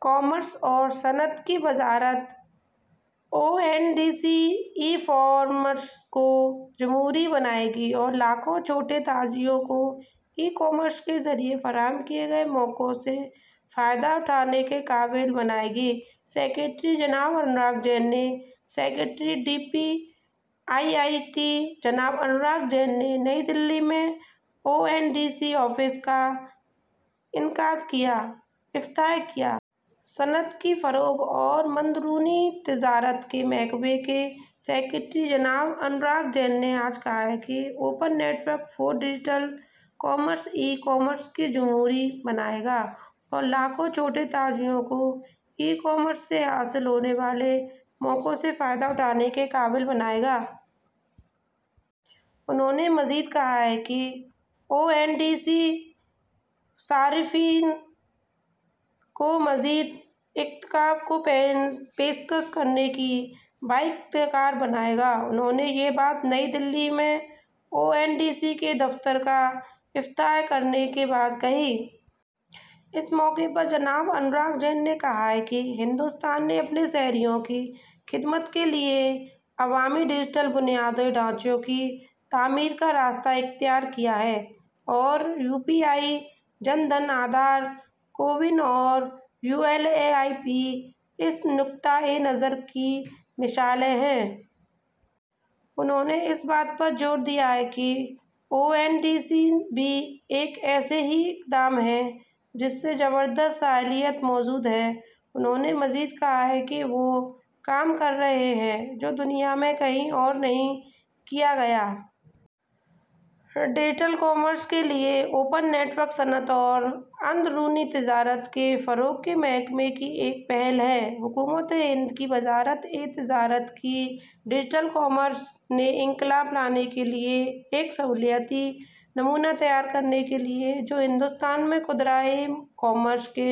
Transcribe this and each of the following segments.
Commerce اور صنعت کی وزارت O N D C e commerce کو جمہوری بنائے گا اور لاکھوں چھوٹے تاجروں کو ای کامرس کے ذریعے پیش کردہ مواقع سے فائدہ اٹھانے کے قابل بنائے گا: سکریٹری جناب Anurag Jain secretary D P I I T, جناب انوراگ جین نے نئی دہلی میں O N D C office کا افتتاح کیا۔ صنعت کی فروغ اور اندرونی تجارت کے محکمہ کے سکریٹری، جناب انوراگ جین نے آج کہا کہ open network for digital commerce e commerce کو جمہوری بنائے گا اور لاکھوں چھوٹے تاجروں کو ای کامرس سے حاصل ہونے والے مواقع سے فائدہ اٹھانے کے قابل بنائے گا۔ انہوں نے مزید کہا کہ او این ڈی سی صارفین کو مزید انتخاب کی پیشکش کرکے بااختیار بنائے گا۔ انہوں نے یہ بات نئی دہلی میں او این ڈی سی کے دفتر کا افتتاح کرنے کے بعد کہی۔ اس موقع پر جناب انوراگ جین نے کہا کہ ہندوستان نے اپنے شہریوں کی خدمت کے لیے عوامی ڈیجیٹل بنیادی ڈھانچے کی تعمیر کا راستہ اختیار کیا ہے اور یو پی آئی، جن دھن، آدھار، کووِن اور یو ایل آئی پی اس نقطہ نظر کی مثالیں ہیں۔ انہوں نے اس بات پر زور دیا کہ او این ڈی سی بھی ایک ایسا ہی اقدام ہے جس میں زبردست صلاحیت موجود ہے۔ انہوں نے مزید کہا کہ ہم وہ کام کر رہے ہیں جو دنیا میں کہیں اور نہیں کیا گیا۔ ڈیجیٹل کامرس کے لیے اوپن نیٹ ورک، صنعت اور اندرونی تجارت کے فروغ کے محکمے کی ایک پہل ہے، حکومتِ ہند کی وزارتِ تجارت، ڈیجیٹل کامرس میں انقلاب لانے کے لیے ایک سہولتی نمونہ تیار کرنے کے لیے، جو ہندوستان میں خوردہ ای کامرس کے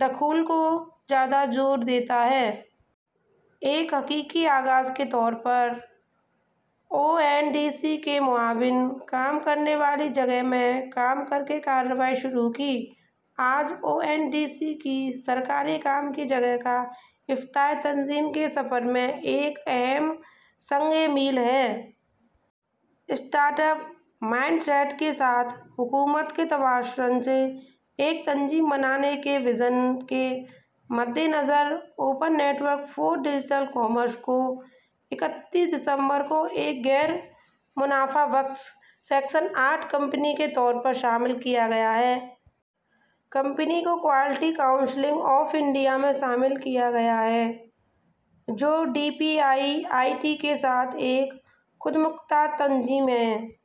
دخول کو زیادہ زور دیتا ہے۔ ایک حقیقی آغاز کے طور پر، او این ڈی سی نے معاون کام کرنے والی جگہ میں کام کرکے کارروائی شروع کی۔ آج، او این ڈی سی کے سرکاری کام کی جگہ کا افتتاح، تنظیم کے سفر میں ایک اہم سنگِ میل ہے۔ اسٹارٹ اپ مائنڈ سیٹ کے ساتھ حکومت کے تعاون سے ایک تنظیم بنانے کے وژن کے مدِنظر، ''open network for digital commerce'' کو اکتیس دسمبر کو ایک غیر منافع بخش، سیکشن آٹھ کمپنی کے طور پر شامل کیا گیا۔ کمپنی کو کوالٹی کونسل آف انڈیا میں شامل کیا گیا، جو D P I I T کے ساتھ ایک خود مختار تنظیم ہے۔